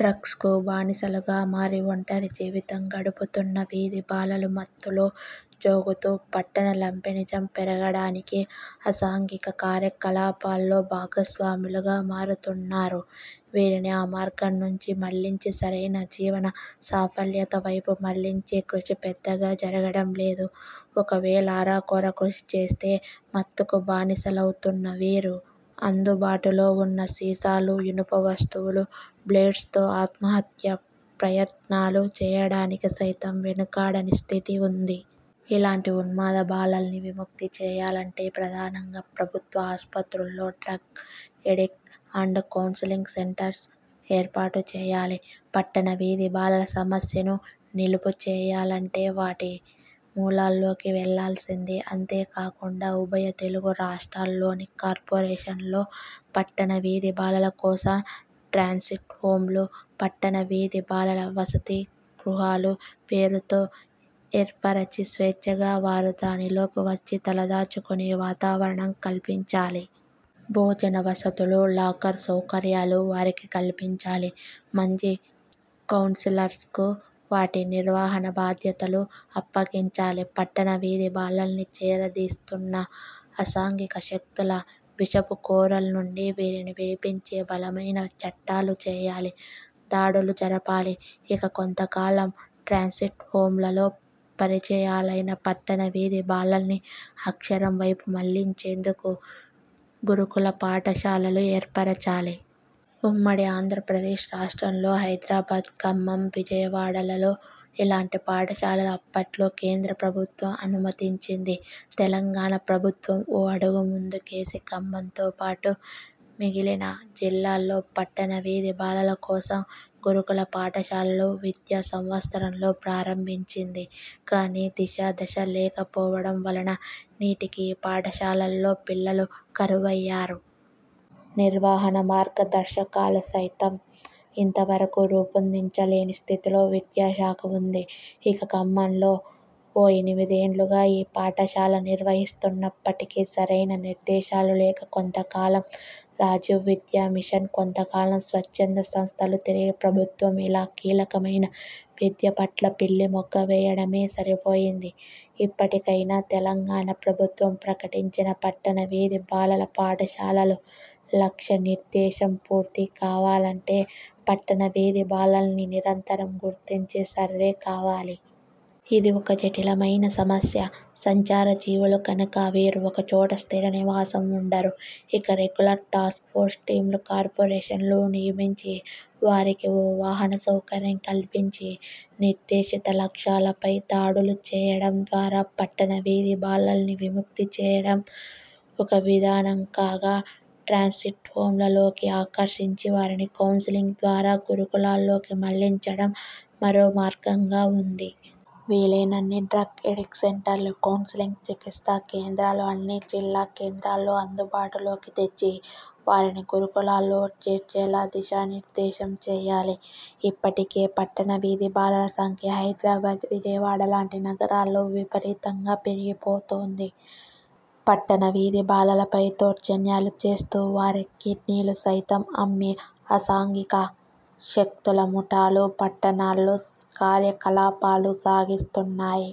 'డ్రగ్స్'కు బానిసలుగా మారి ఒంటరి జీవితం గడుపుతున్న వీధి బాలలు మత్తులో జోగుతూ పట్టణ లంపెనిజం పెరగడానికి, అసాంఘిక కార్యకలాపాల్లో భాగస్వాములుగా మారుతున్నారు. వీరిని ఆ మార్గం నుంచి మళ్లించి సరైన జీవన సాఫల్యత వైపు మళ్లించే కృషి పెద్దగా జరగడం లేదు. ఒకవేళ అరకొర కృషి చేస్తే మత్తుకు బానిసలౌతున్న వీరు అందుబాటులో ఉన్న సీసాలు, ఇనుప వస్తువులు, బ్లేడ్స్తో ఆత్మహత్య ప్రయత్నాలు చేయడానికి సైతం వెనుకాడని స్థితి ఉంది. ఇలాంటి ఉన్మాద బాలల్ని విముక్తి చేయాలంటే ప్రధానంగా ప్రభుత్వ ఆసుపత్రుల్లో drug addict and counselling centres ఏర్పాటు చేయాలి. పట్టణ వీధి బాలల సమస్యను నిలుపుచేయాలంటే వాటి మూలాల్లోకి వెళ్ళాల్సిందే. అంతేకాకుండా ఉభయ తెలుగు రాష్ట్రాల్లోని కార్పొరేషన్లలో పట్టణ వీధి బాలల కోసం 'ట్రాన్సిట్ హోం'లు, పట్టణ వీధి బాలల వసతి గృహాలు పేరుతో ఏర్పరచి స్వేచ్ఛగా వారు దానిలోకి వచ్చి తలదాచుకునే వాతావరణం కల్పించాలి. భోజన వసతులు, లాకర్ సౌకర్యాలు వారికి కల్పించాలి. మంచి కౌన్సిలర్స్కు వాటి నిర్వహణా బాధ్యతలు అప్పగించాలి. పట్టణ వీధి బాలల్ని చేరదీస్తున్న అసాంఘిక శక్తుల విషపు కోరల్నుండి వీరిని విడిపించే బలమైన చట్టాలు చేయాలి. దాడులు జరపాలి. ఇక కొంతకాలం 'ట్రాన్సిట్ హోం'లలో పరిచయాలైన పట్టణ వీధి బాలల్ని అక్షరం వైపు మళ్లించేందుకు గురుకుల పాఠశాలలు ఏర్పరచాలి. ఉమ్మడి ఆంధ్రప్రదేశ్ రాష్ట్రంలో హైదరాబాద్, ఖమ్మం, విజయవాడలలో ఇలాంటి పాఠశాలలు అప్పట్లో కేంద్ర ప్రభుత్వం అనుమతించింది. తెలంగాణ ప్రభుత్వం ఓ అడుగు ముందుకేసి ఖమ్మంతో పాటు మిగిలిన జిల్లాల్లో పట్టణ వీధి బాలల కోసం గురుకుల పాఠశాలలు విద్యా సంవత్సరంలో ప్రారంభించింది. కానీ దిశ, దశ లేకపోవడం వలన నేటికీ ఈ పాఠశాలల్లో పిల్లలు కరువయ్యారు. నిర్వహణా మార్గదర్శకాలు సైతం ఇంతవరకు రూపొందించలేని స్థితిలో విద్యాశాఖ ఉంది. ఇక ఖమ్మంలో ఓ ఎనిమిదేండ్లుగా ఈ పాఠశాల నిర్వహిస్తున్నప్పటికీ సరైన నిర్దేశాలు లేక కొంతకాలం రాజీవ్ విద్యామిషన్, కొంతకాలం స్వచ్ఛంద సంస్థలు, తిరిగి ప్రభుత్వం ఇలా కీలకమైన విద్యపట్ల పిల్లిమొగ్గవేయడమే సరిపోయింది. ఇప్పటికైనా తెలంగాణ ప్రభుత్వం ప్రకటించిన పట్టణ వీధి బాలల పాఠశాలలు లక్ష్య నిర్దేశం పూర్తి కావాలంటే పట్టణ వీధి బాలల్ని నిరంతరం గుర్తించే సర్వేకావాలి. ఇది ఒక జటిలమైన సమస్య. సంచారజీవులు కనుక వీరు ఒకచోట స్థిర నివాసం ఉండరు. ఇక రెగ్యులర్ టాస్క్ఫోర్స్ టీంలు కార్పొరేషన్లలో నియమించి వారికి ఓ వాహన సౌకర్యం కల్పించి నిర్దేశిత లక్ష్యాలపై దాడులు చేయడం ద్వారా పట్టణ వీధి బాలల్ని విముక్తి చేయడం ఒక విధానం కాగా ట్రాన్సిట్ హోంలలోనికి ఆకర్షించి వారిని కౌన్సిలింగ్ ద్వారా గురుకులాల్లోకి మళ్లించడం మరో మార్గంగా ఉంది. వీలైనన్ని డ్రగ్ ఎడిక్ట్ సెంటర్లు, కౌన్సిలింగ్ చికిత్సా కేంద్రాలు అన్ని జిల్లా కేంద్రాల్లో అందుబాటులోకి తెచ్చి వారిని గురుకులాల్లో చేర్చేలా దిశానిర్దేశం చేయాలి. ఇప్పటికే పట్టణ వీధి బాలల సంఖ్య హైదరాబాద్, విజయవాడ లాంటి నగరాల్లో విపరీతంగా పెరిగిపోతోంది. పట్టణ వీధి బాలలపై దౌర్జన్యాలు చేస్తూ వారి కిడ్నీలు సైతం అమ్మే అసాంఘిక శక్తుల ముఠాలు పట్టణాల్లో కార్యకలాపాలు సాగిస్తున్నాయి.